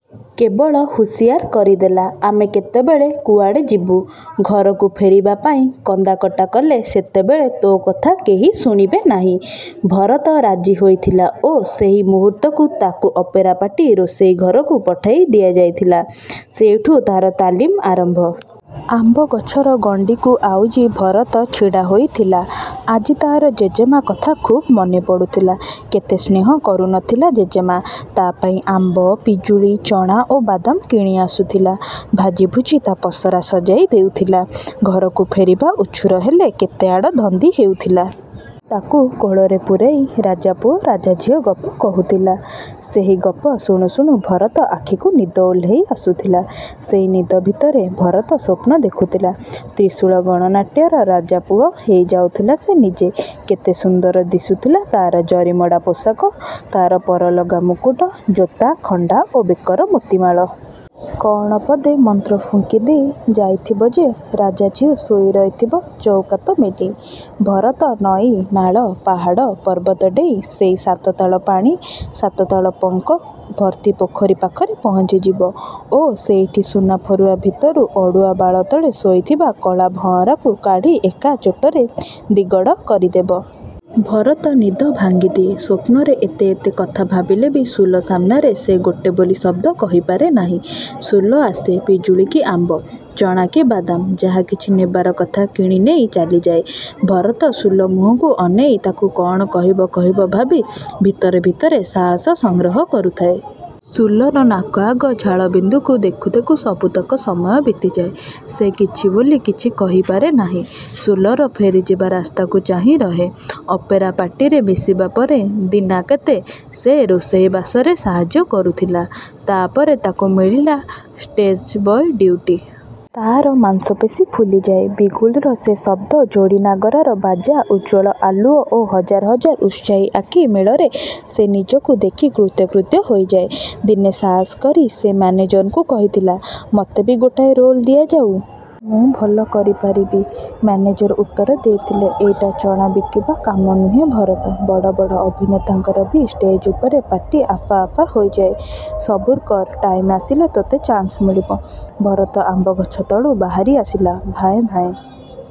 କେବଳ ହୁସିଆର କରିଦେଲା, "ଆମେ କେତେବେଳେ କୁଆଡ଼େ ଯିବୁ। ଘରକୁ ଫେରିବା ପାଇଁ କନ୍ଦାକଟା କଲେ ସେତେବେଳେ ତୋ କଥା କେହି ଶୁଣିବେ ନାହିଁ।" ଭରତ ରାଜି ହୋଇଥିଲା ଓ ସେହି ମୁହୂର୍ତ୍ତକୁ ତାକୁ ଅପେରା ପାର୍ଟି ରୋଷେଇ ଘରକୁ ପଠେଇ ଦିଆଯାଇଥିଲା। ସେଇଠୁ ତାର ତାଲିମ ଆରମ୍ଭ। ଆମ୍ବଗଛର ଗଣ୍ଡିକୁ ଆଉଜି ଭରତ ଛିଡ଼ାହୋଇଥିଲା। ଆଜି ତାର ଜେଜେମା କଥା ଖୁବ୍ ମନେ ପଡ଼ୁଥିଲା। କେତେ ସ୍ନେହ କରୁନଥିଲା ଜେଜେମା। ତା ପାଇଁ ଆମ୍ବ, ପିଜୁଳି, ଚଣା ଓ ବାଦାମ କିଣିଆସୁଥିଲା। ଭାଜିଭୁଜି ତା ପସରା ସଜେଇ ଦେଉଥିଲା। ଘରକୁ ଫେରିବା ଉଛୁର ହେଲେ କେତେଆଡ଼ ଧନ୍ଦି ହେଉଥିଲା। ତାକୁ କୋଳରେ ପୂରେଇ ରାଜାପୁଅ ରାଜାଝିଅ ଗପ କହୁଥିଲା। ସେହି ଗପ ଶୁଣୁଶୁଣୁ ଭରତ ଆଖିକୁ ନିଦ ଓହ୍ଲେଇ ଆସୁଥିଲା। ସେଇ ନିଦ ଭିତରେ ଭରତ ସ୍ୱପ୍ନ ଦେଖୁଥିଲା, 'ତ୍ରିଶୂଳ ଗଣନାଟ୍ୟ'ର ରାଜାପୁଅ ହେଇଯାଉଥିଲା ସେ ନିଜେ। କେତେ ସୁନ୍ଦର ଦିଶୁଥିଲା ତାର ଜରିମଡ଼ା ପୋଷାକ, ତାର ପରଲଗା ମକୁଟୁ, ଜୋତା, ଖଣ୍ଡା ଓ ବେକର ମୋତିମାଳ। କଣ ପଦେ ମନ୍ତ୍ର ଫୁଙ୍କିଦେଇ ଯାଇଥିବ ଯେ ରାଜାଝିଅ ଶୋଇରହିଥିବ ଚଉକାତ ମେଲି। ଭରତ ନଈ, ନାଳ, ପାହାଡ଼, ପର୍ବତ ଡେଇଁ ସେହି ସାତ ତାଳ ପାଣି, ସାତ ତାଳ ପଙ୍କ ଭର୍ତ୍ତି ପୋଖରୀ ପାଖରେ ପହଞ୍ଚିଯିବ ଓ ସେଇଠି ସୁନାଫରୁଆ ଭିତରୁ ଅଡ଼ୁଆବାଳ ତଳେ ଶୋଇଥିବା କଳାଭଆଁରକୁ କାଢ଼ି ଏକା ଚୋଟରେ ଦିଗଡ଼ କରିଦେବ। ଭରତର ନିଦ ଭାଙ୍ଗିଦିଏ। ସ୍ୱପ୍ନରେ ଏତେ ଏତେ କଥା ଭାବିଲେ ବି ସୁଲ ସାମ୍ନାରେ ସେ ଗୋଟେ ବୋଲି ଶବ୍ଦ କହିପାରେ ନାହିଁ। ସୁଲ ଆସେ, ପିଜୁଳି କି ଆମ୍ବ, ଚଣା କି ବାଦାମ, ଯାହା କିଛି ନେବାର କଥା କିଣିନେଇ ଚାଲିଯାଏ। ଭରତ ସୁଲ ମୁହଁକୁ ଅନେଇ ତାକୁ କଣ କହିବ କହିବ ଭାବି ଭିତରେ ଭିତରେ ସାହସ ସଂଗ୍ରହ କରୁଥାଏ। ସୁଲର ନାକଅଗ ଝାଳବିନ୍ଦୁକୁ ଦେଖୁ ଦେଖୁ ସବୁତକ ସମୟ ବିତିଯାଏ। ସେ କିଛି ବୋଲି କିଛି କହିପାରେ ନାହିଁ। ସୁଲର ଫେରିଯିବା ରାସ୍ତାକୁ ଚାହିଁ ରହେ। ଅପେରା ପାର୍ଟିରେ ମିଶିବା ପରେ ଦିନାକେତେ ସେ ରୋଷେଇବାସରେ ସାହାଯ୍ୟ କରୁଥିଲା। ତାପରେ ତାକୁ ମିଳିଲା ଷ୍ଟେଜ୍‌ବୟ ଡ୍ୟୁଟି। ତାର ମାଂସପେଶୀ ଫୁଲିଯାଏ। ବିଗୁଲ୍‌ର ସେ ଶବ୍ଦ, ଯୋଡ଼ିନାଗରାର ବାଜା, ଉଜ୍ଜ୍ୱଳ ଆଲୁଅ ଓ ହଜାର ହଜାର ଉତ୍ସାହୀ ଆଖି ମେଳରେ ସେ ନିଜକୁ ଦେଖି କୃତ୍ୟ କୃତ୍ୟ ହୋଇଯାଏ। ଦିନେ ସାହସ କରି ସେ ମ୍ୟାନେଜରଙ୍କୁ କହିଥିଲା, "ମୋତେ ବି ଗୋଟାଏ ରୋଲ୍ ଦିଆଯାଉ। ମୁଁ ଭଲ କରିପାରିବି।" ମ୍ୟାନେଜର ଉତ୍ତର ଦେଇଥିଲେ, "ଏଇଟା ଚଣା ବିକିବା କାମ ନୁହେଁ ଭରତ। ବଡ଼ ବଡ଼ ଅଭିନେତାଙ୍କର ବି ଷ୍ଟେଜ୍ ଉପରେ ପାଟି ଆଫା ଆଫା ହୋଇଯାଏ। ସବୁ କର। ଟାଇମ୍‌ ଆସିଲେ ତୋତେ ଚାନ୍ସ ମିଳିବ।" ଭରତ ଆମ୍ବଗଛ ତଳୁ ବାହାରି ଆସିଲା। ଭାଏଁ ଭାଏଁ।